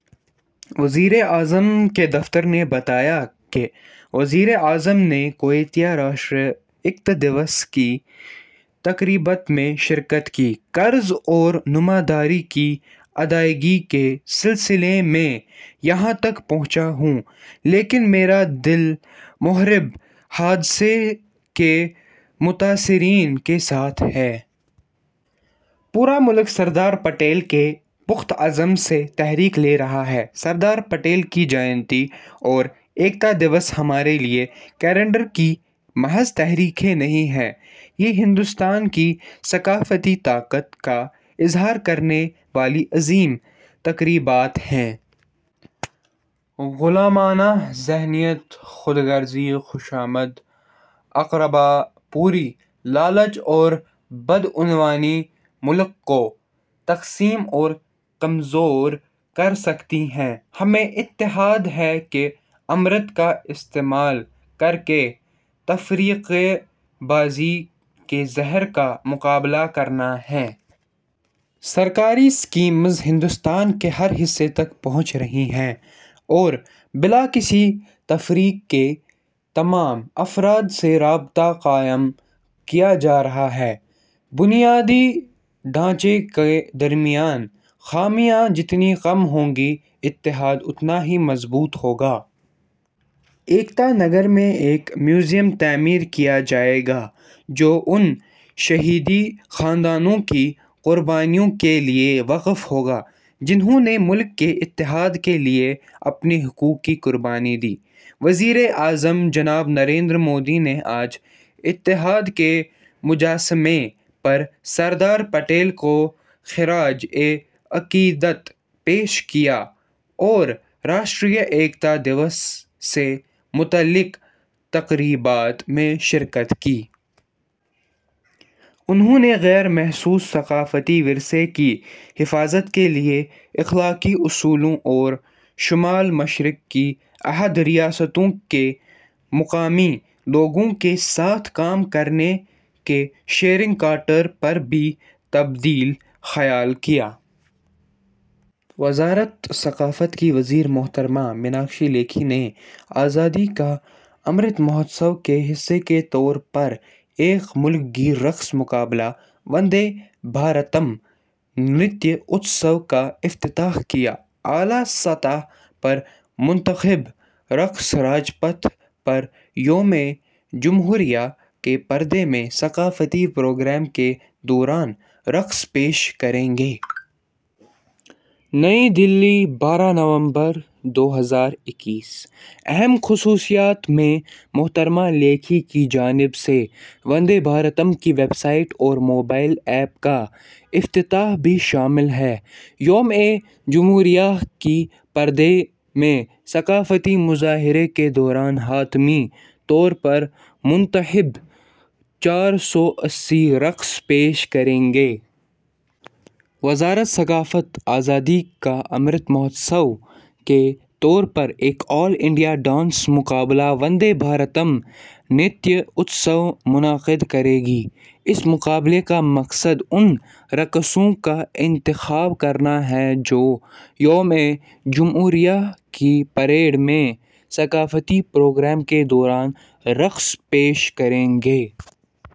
وزیر اعظم کے دفتر نے بتایا کہ وزیر اعظم نے کیوڈیا میں راشٹریہ ایکتا دیوس کی تقریبات میں شرکت کی۔ فرض اور ذمہ داری کی ادائیگی کے سلسلے میں میں یہاں تک پہنچا ہوں، لیکن میرا دل موربی حادثے کے متاثرین کے ساتھ ہے۔ پورا ملک سردار پٹیل کے پختہ عزم سے تحریک لے رہا ہے۔ سردار پٹیل کی جینتی اور ایکتا دیوس ہمارے لیے کیلنڈر کی محض تاریخیں نہیں ہیں، یہ ہندوستان کی ثقافتی طاقت کا اظہار کرنے والی عظیم تقریبات ہیں۔ غلامانہ ذہنیت، خود غرضی، خوشامد، اقربا پروری، لالچ اور بدعنوانی ملک کو تقسیم اور کمزور کر سکتی ہیں۔ ہمیں اتحاد کے امرت کا استعمال کرکے تفرقہ بازی کے زہر کا مقابلہ کرنا ہے۔ سرکاری اسکیمیں ہندوستان کے ہر حصے تک پہنچ رہی ہیں اور بلا کسی تفریق کے تمام افراد سے رابطہ قائم کیا جا رہا ہے۔ بنیادی ڈھانچے کے درمیان خامیاں جتنی کم ہوں گی، اتحاد اتنا ہی مضبوط ہوگا۔ ایکتا نگر میں ایک میوزیم تعمیر کیا جائے گا جو ان شاہی خاندانوں کی قربانیوں کے لیے وقف ہوگا جنہوں نے ملک کے اتحاد کے لیے اپنے حقوق کی قربانی دی۔ وزیر اعظم جناب نریندر مودی نے آج اتحاد کے مجسمے پر سردار پٹیل کو خراج عقیدت پیش کیا اور راشٹریہ ایکتا دیوس سے متعلق تقریبات میں شرکت کی۔ انہوں نے غیر محسوس ثقافتی ورثے کے تحفظ کے لیے اخلاقی اصولوں اور شمال مشرق کی آٹھ ریاستوں کے مقامی لوگوں کے ساتھ کام کرنے کے شیلانگ چارٹر پر بھی تبادلہ خیال کیا۔ وزارت ثقافت کی وزیر محترمہ میناکشی لیکھی نے آزادی کا امرت مہوتسو کے حصے کے طور پر ایک ملک گیر رقص مقابلہ وندے بھارتم، نرتیہ اتسو کا افتتاح کیا۔ اعلیٰ سطح پر منتخب رقاص راج پتھ پر یوم جمہوریہ کی پریڈ میں ثقافتی پروگرام کے دوران رقص پیش کریں گے۔ نئی دہلی، بارہ نومبر دو ہزار اکیس۔ اہم خصوصیات میں محترمہ لیکھی کی جانب سے وندے بھارتم کی ویب سائٹ اور موبائل ایپ کا افتتاح بھی شامل ہے۔ یوم جمہوریہ کی پریڈ میں ثقافتی مظاہرے کے دوران حتمی طور پر منتخب چار سو اسی رقاص رقص پیش کریں گے۔ وزارت ثقافت آزادی کا امرت مہوتسو کے طور پر ایک آل انڈیا ڈانس مقابلہ وندے بھارتم، نرتیہ اتسو منعقد کرے گی۔ اس مقابلے کا مقصد ان رقاصوں کا انتخاب کرنا ہے جو یوم جمہوریہ کی پریڈ میں ثقافتی پروگرام کے دوران رقص پیش کریں گے۔